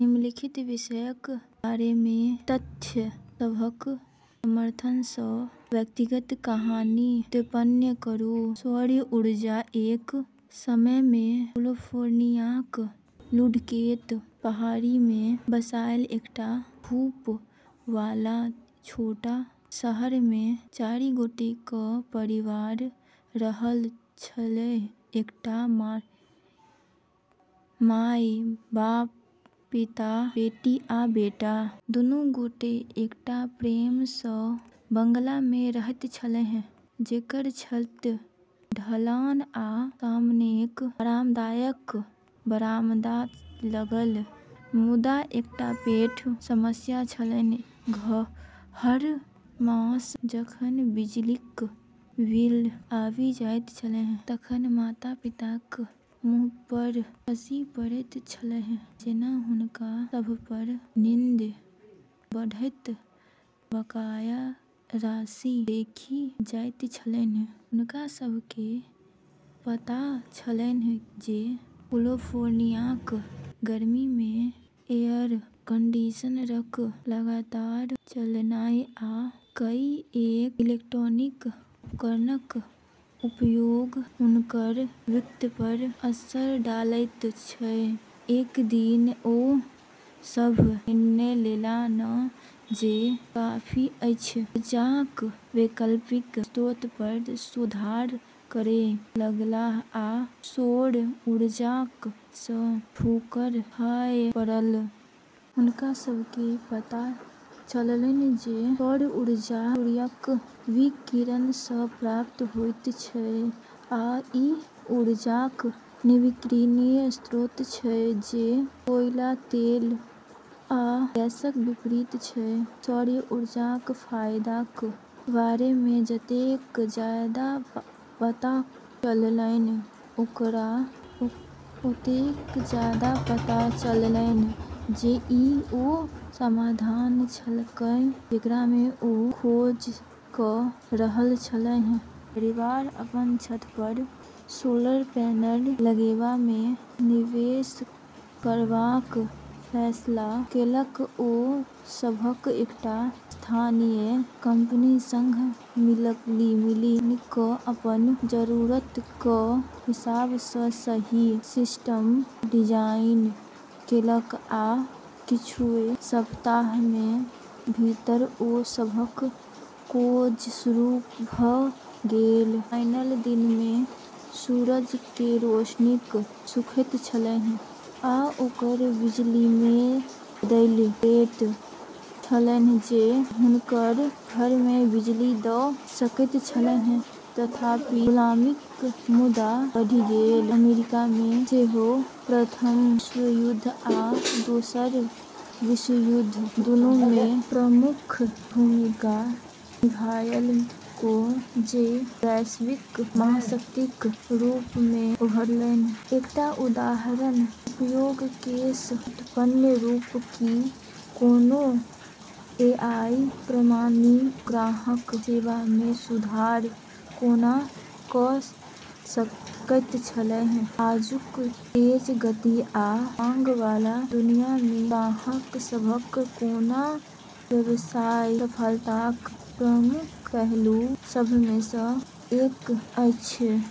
निम्नलिखित विषयक बारेमे तथ्य सभक समर्थनसँ व्यक्तिगत कहानी उत्पन्न करू सौर ऊर्जा एक समयमे कैलिफोर्नियाक लुढ़कैत पहाड़ीमे बसाएल एकटा धूप वाला छोट शहरमे चारि गोटेक परिवार रहैत छल: एकटा माय, पिता, बेटी आ बेटा। दुनू गोटे एकटा प्यारा सा बंगलामे रहैत छलाह, जकर छत ढलान आ सामनेक आरामदायक बरामदा छल। मुदा एकटा पैघ समस्या छल हर मास जखन बिजलीक बिल आबि जाइत छल तखन माता-पिताक मुँहपर खसि पड़ैत छल जेना हुनका सभपर नित्य बढ़ैत बकाया राशि देखि जाइत छलैन। हुनका सभकेँ पता छलैन जे कैलिफोर्नियाक गर्मीमे एयर कंडीशनरक लगातार चलनाइ आ कईएक इलेक्ट्रॉनिक उपकरणक उपयोग हुनकर वित्तपर असर डालैत छै। एक दिन, ओ सभ निर्णय लेलैन जे काफी अछि। ऊर्जाक वैकल्पिक स्रोतपर शोध करै लगलाह, आ सौर ऊर्जासँ ठोकर खाय पड़लैन। हुनका सभकेँ पता चललैन जे सौर ऊर्जा सूर्यक विकिरणसँ प्राप्त होइत छै आ ई ऊर्जाक नवीकरणीय स्रोत छै, जे कोयला, तेल आ गैसक विपरीत छै। सौर ऊर्जाक फायदाक बारेमे जतेक जादा पता चललैन, ओकरा ओतबे जादा पता चललैन जे ई ओ समाधान छैक जेकरामे ओ खोज कऽ रहल छलाह। परिवार अपन छतपर सोलर पैनल लगेबामे निवेश करबाक फैसला केलक। ओ सभ एकटा स्थानीय कंपनीक संग मिलि कऽ अपन जरूरतक हिसाबसँ सही सिस्टम डिजाइन केलक, आ किछुए सप्ताहक भीतर ओ सभ काज शुरू भऽ गेल। पैनल दिनमे सूर्यक रोशनीकेँ सोखैत छल, आ ओकरा बिजलीमे बदलि दैत छल जे हुनकर घरकेँ बिजली दऽ सकैत छल। तथापि, गुलामीक मुद्दा बँटि गेल। अमेरिकाने सेहो प्रथम विश्वयुद्ध आ द्वितीय विश्वयुद्ध दोनूमे प्रमुख भूमिका निभाएलकै, जे वैश्विक महाशक्तिक रूपमे उभरलै। एकटा उदाहरण उपयोग केस उत्पन्न करू कि कोनो एआई प्रणाली ग्राहक सेवामे सुधार कोना कऽ सकैत अछि। आजुक तेज गति आ मांग वाला दुनियामे ग्राहक सेवा कोनो व्यवसायक सफलताक प्रमुख पहलू सभमेसँ एक अछि।